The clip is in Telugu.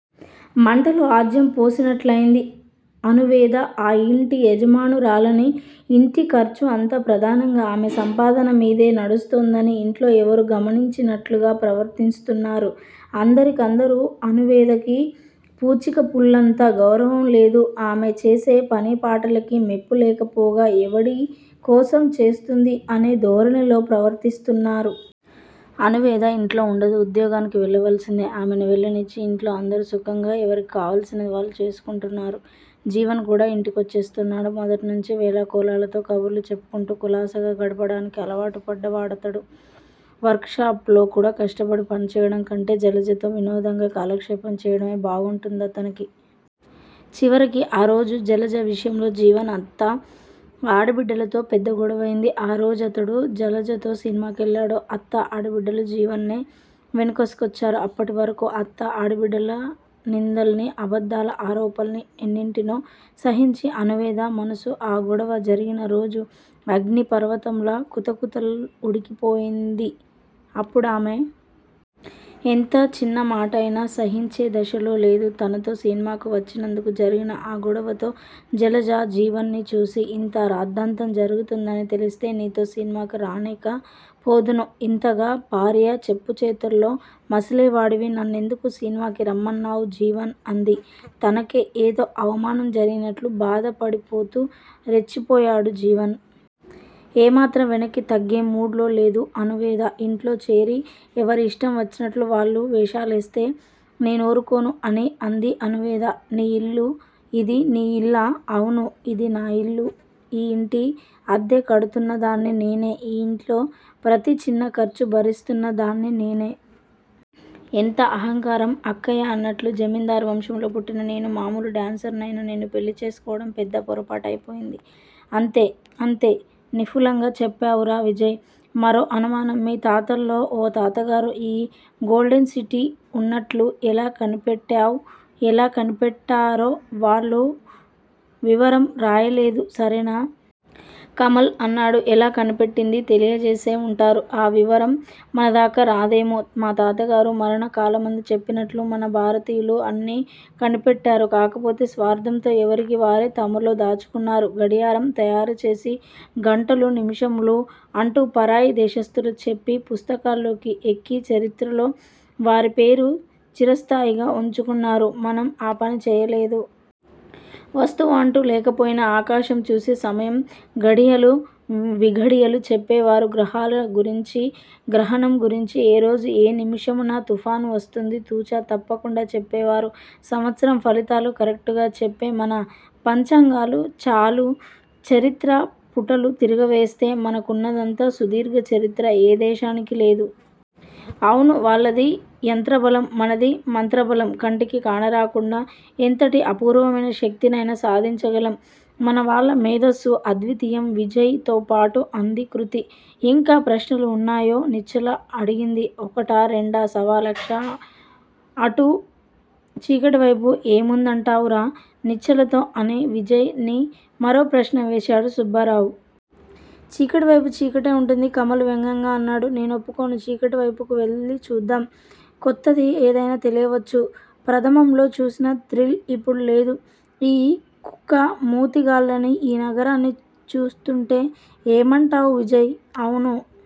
మంటలో ఆజ్యం పోసినట్లయింది. అణువేద ఆ ఇంటి యజమానురాలని, ఇంటి ఖర్చు అంతా ప్రధానంగా ఆమె సంపాదన మీదే నడుస్తోందని యింట్లో ఎవరూ గమనించినట్లుగా ప్రవర్తిస్తున్నారు అందరి కందరు. అణువేదకి పూచికపుల్లంత గౌరవం లేదు. ఆమె చేసే పనిపాటలకి మెప్పులేకపోగా ఎవడి కోసం చేస్తుంది అనే ధోరణిలో ప్రవర్తిస్తున్నారు. అణువేద యింట్లో వుండదు. ఉద్యోగానికి వెళ్ళవలసిందే. ఆమెని వెళ్ళనిచ్చి యింట్లో అందరూ సుఖంగా యెవరిక్కావలసినది వాళ్ళు చేసుకుంటున్నారు. జీవన్ కూడా ఇంటికొచ్చేస్తున్నాడు. మొదట్నించి వేళాకొళాలతో కబుర్లు చెప్పుకుంటూ కులాసాగా గడపడానికి అలావాటు పడ్డ వాడతను వర్కు షాప్ లో కష్టపడి పనిచేయడం కంటే జలజతో వినోదంగా కాలక్షేపం చేయడమే బాగుంటుంది అతనికి. చివరికి ఆ రోజు జలజ విషయంలో జీవన్, అత్త, ఆడబిడ్డలతో పెద్ద గోడవైంది. ఆ రోజతడు జలజతో సినిమా కెళ్ళాడు. అత్త ఆడబిడ్డలు జీవన్ నే వెనకేసుకొచ్చారు. అప్పటివరకూ అత్తా, ఆడబిడ్డల నిందల్ని, అబద్దాల ఆరోపణల్ని, ఎన్నింటినో సహించి అణువేద మనసు ఆ గొడవ జరిగిన రోజు అగ్ని పర్వతంలా కుతకుత ఉడికిపోయింది అప్పుడామే. ఎంత చిన్నమాటైనా సహించేదశలో లేదు. తనతో సినిమాకు వచ్చినందుకు జరిగిన ఆ గొడవతో జలజ జీవన్ ని చూసి, ఇంత రాద్ద్దాంతం జరుగుతుందని తెలిస్తే నీతో సినిమాకి రాకనే పోదును. ఇంతగా భార్య చెప్పుచేతల్లో మసిలేవాడివి నన్నెందుకు సినిమాకి రమ్మన్నావు జీవన్ అంది. తనకే ఏదో అవమానం జరిగినట్లు బాధ పడిపోతూ రెచ్చిపోయాడు జీవన్. ఏమాత్రం వెనక్కి తగ్గే మూడ్ లో లేదు అణువేద. నాయింట్లో చేరి ఎవరి యిష్టం వచ్చినట్లు వాళ్ళు వేషాలేస్తే నేనూరుకొను అని అంది అణువేద. నీ ఇల్లు ఇది నీ ఇల్లా? అవును అది నా ఇల్లు ఈ యింటి అద్దె కడుతున్నదాన్ని నేను. ఈ యింట్లో ప్రతి చిన్న ఖర్చు భరిస్తున్న దాన్ని నేను. ఎంత అహంకారం! అక్కయ్య అన్నట్లు జమిందారీ వంశంలో పుట్టిన నేను మాములు డాన్సరునైన నిన్ను పెళ్ళి చేసుకోవడం పెద్ద పోరాపాటైపోయింది. అంతే అంతే. నిపులంగా చెప్పావురా విజయ్! మరో అనుమానం మీ తాతల్లో ఓ తాతగారు ఈ గోల్డెన్ సిటీ వున్నట్లు ఎలా కనిపెట్టారంటావ్? ఎలా కనిపెట్టారో వాళ్ళు వివరం రాయలేదు సరేనా? కమల్ అన్నాడు. ఎలా కనిపెట్టిందీ తెలియజేసే వుంటారు ఆ వివరం మనదాకా రాలేదేమో! మాతాతగారు మరణ కాలమందు చెప్పినట్లు మన భారతీయులు అన్నీ కనిపెట్టారు. కాకపోతే స్వార్దంతో ఎవరికీ వారే తమలో దాచుకున్నారు గడియారం తయారుచేసి గంటలు నిముషాలు అంటూ పరాయి దేశస్తులు చెప్పి పుస్తకాల్లోకి ఎక్కి చరిత్రలో వారిపేరు చిరస్థాయిగా ఉంచుకున్నారు మనం ఆ పని చేయలేదు. వస్తువు అంటూ లేకపోయినా ఆకాశం చూసి సమయం ఘడియలు విఘడియలు, చెప్పేవారు గ్రహాల గురించి గ్రహణం గురించి ఏ రోజు ఏ నిముషాన తుఫాను వస్తుంది తుచ తప్పకుండా చెప్పేవారు. సంవత్సరం ఫలితాలు కరెక్ట్ గా చెప్పే మన పంచాంగాలు చాలు చరిత్ర పుటలు తిరగవేస్తె మనకిఉన్నదంత సుదీర్ఘ చరిత్ర ఏ దేశానికీ లేదు. అవును వాళ్ళది యంత్రబలం మనది మంత్ర బాలం. కంటికి కానరాకుండా ఎంతటి అపూర్వమైన శక్తినయినా సాధించగలం. మన వాళ్ళ మేధస్సు అద్వితీయం విజయ్ తో పాటు అంది కృతి. ఇంకా ప్రశ్నలు వున్నాయో? నిశ్చల అడిగింది. ఒకటా రెండా సవాలక్ష. అటు చీకటివేపు ఏముందంటావురా? నిశ్చలతో అని విజయ్ ని మరో ప్రశ్న వేశాడు సుబ్బారావు. చీకటివేపు చీకటే వుంటుంది కమల్ వ్యగ్యంగా అన్నాడు. నే నొప్పుకొను. చీకటివేపుకి వెళ్ళి చూద్దాం. కొత్తది ఏదైనా తెలియవచ్చు. ప్రధమంలో చూసిన థ్రిల్ ఇప్పుడు లేదు. ఈ కుక్క మూతిగాళ్ళని ఈ నగరాన్ని చూస్తుంటే. ఏమంటావు విజయ్! అవును